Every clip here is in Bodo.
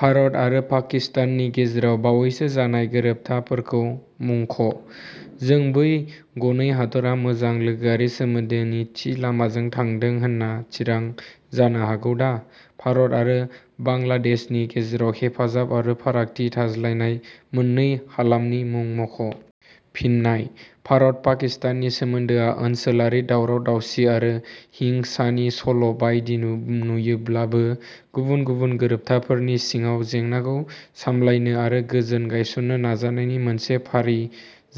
भारत आरो पाकिस्ताननि गेजेराव बावैसो जानाय गोरोबथा फोरखौ मुंख'। जों बै गनै हादरा मोजां लोगोयारि सोमोन्दोनि थि लामाजों थांदों होनना थिरां जानो हागौदा? भारत आरो बांलादेशनि गेजेराव हेफाजाब आरो फारागथि थाज्लायनाय मोननै हालामनि मुं मुख'। फिन्नाय: भारत-पाकिस्ताननि सोमोन्दोआ ओनसोलारि दावराव-दावसि आरो हिंसानि सल' बायदि नुयोब्लाबो, गुबुन गुबुन गोरोबथाफोरनि सिङाव जेंनाखौ सामलायनो आरो गोजोन गायसननो नाजानायनि मोनसे फारि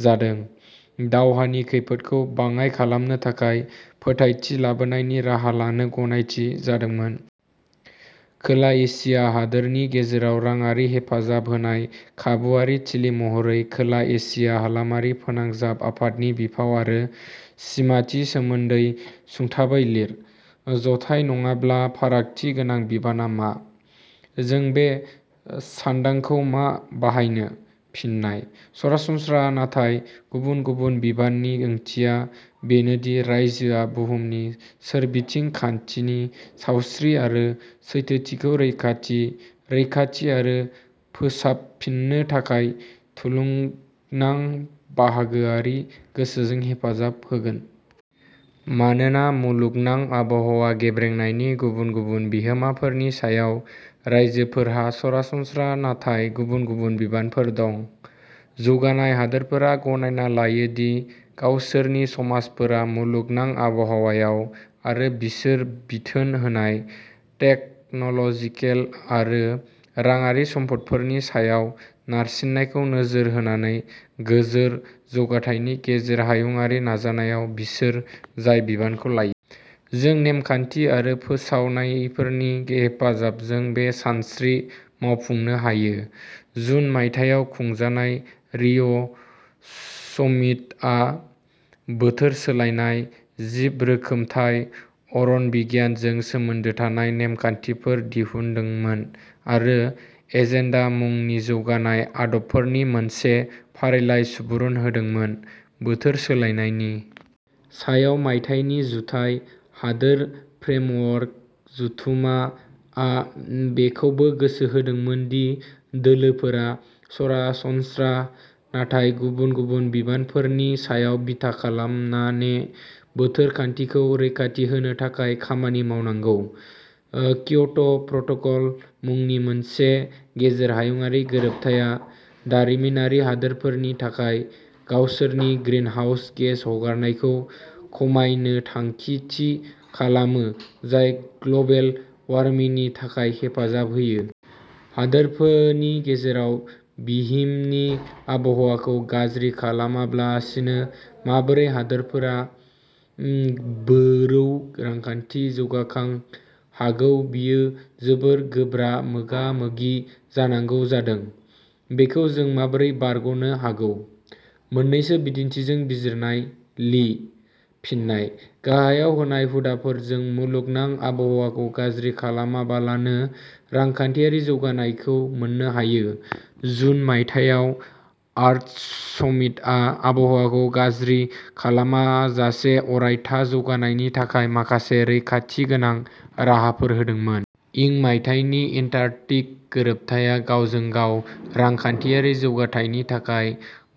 जादों: दावहानि खैफोदखौ बाङाय खालामनो थाखाय फोथायथि लाबोनायनि राहा लानो गनायथि जादोंमोन। खोला एचिया हादरनि गेजेराव राङारि हेफाजाब होनाय खाबुवारि थिलि महरै खोला एचिया हालामारि फोनांजाब आफादनि बिफाव आरो सिमाथि सोमोन्दै सुंथाबै लिर। जथाइ नङाब्ला फारागथि गोनां बिबाना मा? जों बे सान्दांखौ मा बाहायनो? फिननाय: सरासनस्रा नाथाय गुबुन-गुबुन बिबाननि ओंथिया बेनोदि रायजोआ बुहुमनि सोरबिथिं खान्थिनि सावस्रि आरो सैथोथिखौ रैखाथि, रैखाथि आरो फोसाबफिन्नो थाखाय थुलुंगनां बाहागोआरि गोसोजों हेफाजाब होगोन। मानोना मुलुगनां आबहावा गेब्रेंनायनि गुबुन गुबुन बिहोमाफोरनि सायाव रायजोफोरहा सरासनस्रा नाथाय गुबुन-गुबुन बिबानफोर दं। जौगानाय हादोरफोरा गनायना लायो दि गावसोरनि समाजफोरा मुलुगनां आबहावायाव आरो बिसोर बिथोन होनाय टेक-न 'ल 'जिकेल आरो राङारि सम्फदफोरनि सायाव नारसिननायखौ नोजोर होनानै गोजोर जौगाथायनि गेजेर हायुंआरि नाजानायाव बिसोर जाय बिबानखौ लायो। जों नेमखान्थि आरो फोसावनायफोरनि हेफाजाबजों बे सानस्रि मावफुंनो हायो :.जुन मायथाइयाव खुंजानाय रिअ'-समिटआ बोथोर सोलायनाय, जिब रोखोमथाय, अरन बिगियानजों सोमोन्दो थानाय नेमखान्थिफोर दिहुनदोंमोन आरो एजेन्डा मुंनि जौगानाय आदबफोरनि मोनसे फारिलाइ सुबुरुन होदोंमोन।.बोथोर सोलायनायनि सायाव मायथाइनि जुधाइ, हादोर फ्रेमवर्क जथुम्मा आ बेखौबो गोसो होदोंमोन दि दोलोफोरा सरासनस्त्रा नाथाय गुबुन गुबुन बिबानफोरनि सायाव बिथा खालामनाने बोथोर खान्थिखौ रैखाथि होनो थाखाय खामानि मावनांगौ; क्योट' प्रट'कल मुनि मोनसे गेजेर हायुंआरि गोरोबथाया दारिमिनारि हादोरफोरनि थाखाय गावसोरनि ग्रीनहाउस गेस हगारनायखौ खमायनो थांखि थि खालामो जाय ग्ल 'बेल वार्मिनि थाखाय हेफाजाब होयो। हादरफोनि गेजेराव बिहिमनि आबहावाखौ गाज्रि खालामाब्लासिनो माबोरै हादरफोरा उ बोरौ रांखान्थि जौगाखां हागौ बियो जोबोर गोब्रा मोगा मोगि जानांगौ जादों? बेखौ जों माबोरै बारग 'नो हागौ? मोननैसो बिदिन्थिजों बिजिरनाय लि। फिन्नाय: गाहायाव होनाय हुदाफोरजों मुलुगनां आबहावाखौ गाज्रि खालामालाबानो रांखान्थियारि जौगानायखौ मोननो हायो: जुन मायथाइयाव, आर्थ समिटआ आबहावाखौ गाज्रि खालामाजासे अरायथा जौगानायनि थाखाय माखासे रैखाथि गोनां राहाफोर होदोंमोन। इं मायथाइनि एन्टार्कटिक गोरोबथाया गावजों गाव रांखान्थियारि जौगाथायनि थाखाय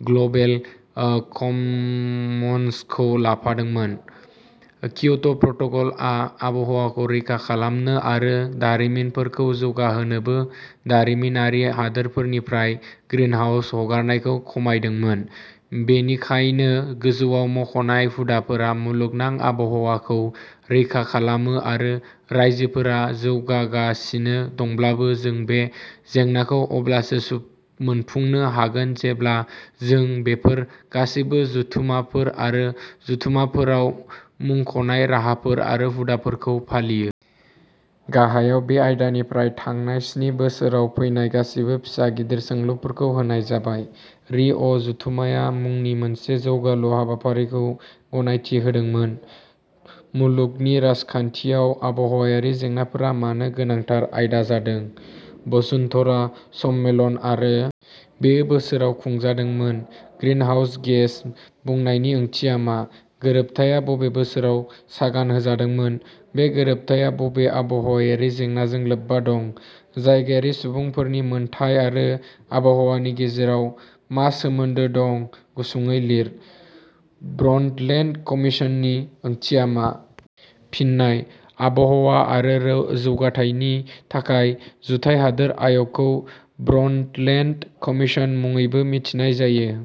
ग्लबेल ओ कमन्सखौ लाफादोंमोन। क्योट' प्रट'कलआ आबहावाखौ रैखा खालामनो आरो दारिमिनफोरखौ जौगाहोनोबो दारिमिनारि हादोरफोरनिफ्राय ग्रीनहाउस हगारनायखौ खमायदोंमोन। बेनिखायनो, गोजौआव मख'नाय हुदाफोरा मुलुगनां आबहावाखौ रैखा खालामो आरो रायजोफोरा जौगागासिनो दंब्लाबो जों बे जेंनाखौ अब्लासो सु मोनफुंनो हागोन जेब्ला जों बेफोर गासैबो जथुम्माफोर आरो जथुम्माफोराव मुंख 'नाय राहाफोर आरो हुदाफोरखौ फालियो। गाहायाव बे आयदानिफ्राय थांनाय स्नि बोसोराव फैनाय गासैबो फिसा- गिदिर सोंलुफोरखौ होनाय जाबाय। रि. अ. जथुम्माया - मुंनि मोनसे जौगालु हाबाफारिखौ गनायथि होदोंमोन। मुलुगनि राजखान्थियाव आबहावायारि जेंनाफोरा मानो गोनांथार आयदा जादों? बसुन्धरा सम्मेलन आरो…. बेयो बोसोराव खुंजादोंमोन। 'ग्रीनहाउस गेस' बुंनायनि ओंथिया मा? गोरोबथाया बबे बोसोराव सागान होजादोंमोन? बे गोरोबथाया बबे आबहावायारि जेंनाजों लोब्बा दं? जायगायारि सुबुंफोरनि मोन्थाय आरो आबहावानि गेजेराव मा सोमोन्दो दं? गुसुङै लिर। ब्रन्डलेन्ड कमिसननि ओंथिया मा? फिन्नाय: आबहावा आरो रो जौगाथायनि थाखाय जुधाइ हादोर आय 'गखौ ब्रन्डलेन्ड कमिसन मुङैबो मिथिनाय जायो।